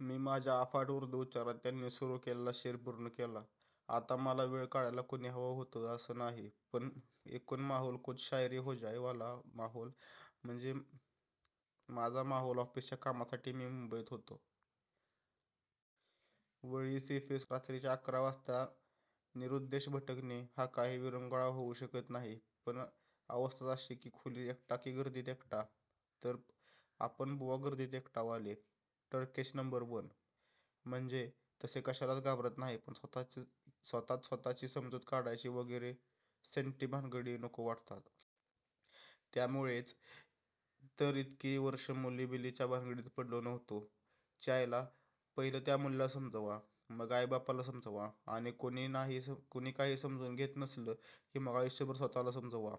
मी माझ्या अफाट उर्दू उच्चारात त्यांनी सुरू केलेला शेर पूर्ण केला. आता मला वेळ काढायला कुणी हवं होतं असं नाही पण एकूण माहोल "कुछ शायरी हो जाय " वाला. माहोल म्हणजे माझा माहोल ऑफिसच्या कामासाठी मी मुंबईत होतो. वरळी सीफेस वर रात्रीच्या अकरा वाजता निरुद्देश भटकणे हा काही विरंगुळा होऊ शकत नाही पण अवस्थाच अशी की खोलीत एकटा की गर्दीत एकटा? तर आपण बुवा गर्दीत एकटा वाले. टरकेश नंबर वन. म्हणजे तसे कशालाच घाबरत नाही पण स्वत:च स्वत:ची समजूत काढायची, वगैरे सेंटी भानगडी नको वाटतात. त्यामुळेच तर इतकी वर्षं मुली-बिलीच्या भानगडीत पडलो नव्हतो. च्यायला पहिलं त्या मुलीला समजवा, मग आई-बापाला समजवा आणि कुणी काही समजून घेत नसलं की मग आयुष्यभर स्वत:ला समजवा.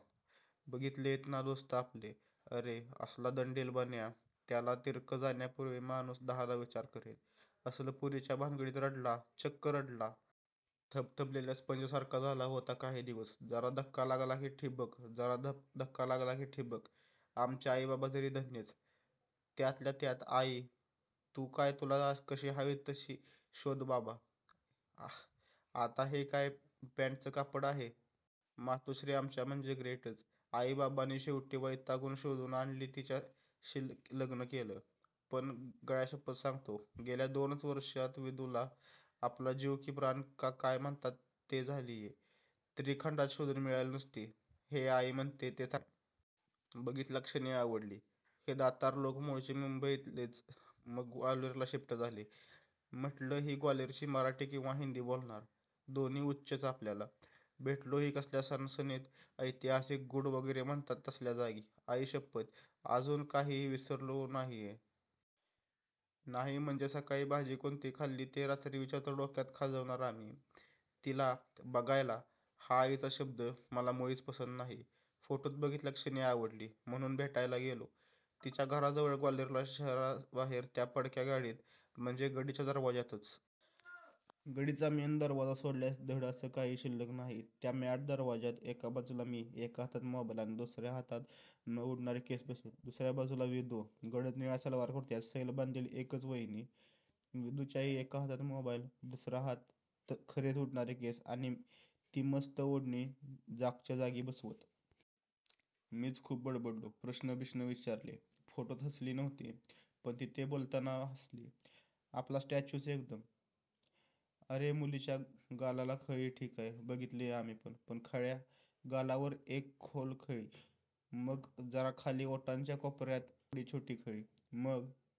बघितलेयत ना दोस्त आपले. अरे, असला दंडेल बन्या, त्याला तिरकं जाण्यापूर्वी माणूस दहादा विचार करेल, असला पोरीच्या भानगडीत रडला, चक्क रडला! थबथबलेल्या स्पंजसारखा झाला होता काही दिवस. जरा धक्का लागला की ठिबक, जरा धक्का लागला की ठिबक! आमचे आई-बाबा तरी धन्यच. त्यातल्या त्यात आई 'तू काय तुला कशी हवी ती शोध बाबा'. आता हे काय पँटचं कापड आहे? मातोश्री आमच्या म्हणजे ग्रेटच. आई-बाबांनी शेवटी वैतागून शोधून आणली तिच्याशी लग्न केलं. पण गळ्याशप्पथ सांगतो, गेल्या दोनच वर्षांत विदुला, आपला जीव की प्राण का काय म्हणतात ते झालीये. त्रिखंडात शोधून मिळाली नसती, हे आई म्हणते ते साक्षात खरंय. बघितल्याक्षणी आवडली. हे दातार लोक मुळचे मुंबईतलेच मग ग्वाल्हेरला शिफ़्ट झाले. म्हटलं ही ग्वाल्हेरचं मराठी किंवा हिंदी बोलणार, दोन्ही उच्चच आपल्याला. भेटलोही कसल्या सणसणीत ऐतिहासिक, गूढ वगैरे म्हणतात तसल्या जागी. आईशप्पथ, अजून, काही काही विसरलो नाहीये. नाही म्हणजे सकाळी भाजी कोणती खाल्ली ते रात्री विचारलं तर डोकं खाजवणार आम्ही. तिला "बघायला" हा आईचा शब्द, मला मुळीच पसंत नाही- फोटोत बघितल्याक्षणी आवडली म्हणून "भेटायला" गेलो तेव्हा. तिच्या घराजवळ ग्वाल्हेरला शहराबाहेर त्या पडक्या गढीत, म्हणजे गढीच्या दरवाजातच. गढीचा मेन दरवाजा सोडल्यास धड असं काही शिल्लक नाही. त्या मॅड दरवाजात एका बाजूला मी, एका हातात मोबाईल आणि दुसरा हात न उडणारे केस बसवत. दुसर्या बाजूला विदू, गडद निळ्या सलवार कुरत्यात. सैल बांधलेली एकच वेणी, विदूच्याही एका हातात मोबाईल आणि दुसरा हात खरेच उडणारे केस आणि ती मस्तं ओढणी जागच्या जागी बसवत. मीच खूप बडबडलो, प्रश्न-बिश्नं विचारले. फोटोत हसली नव्हती, पण तिथे मी बोलताना हसली. आपला स्टॅच्यूच एकदम. अरे मुलीच्या गालाला खळी ठीकय, बघितलीये, आम्हीपण. पण खळ्या? गालावर एक खोल खळी, मग जरा खाली ओठांच्या कोपर्यात वर थोडी छोटी खळी, मग--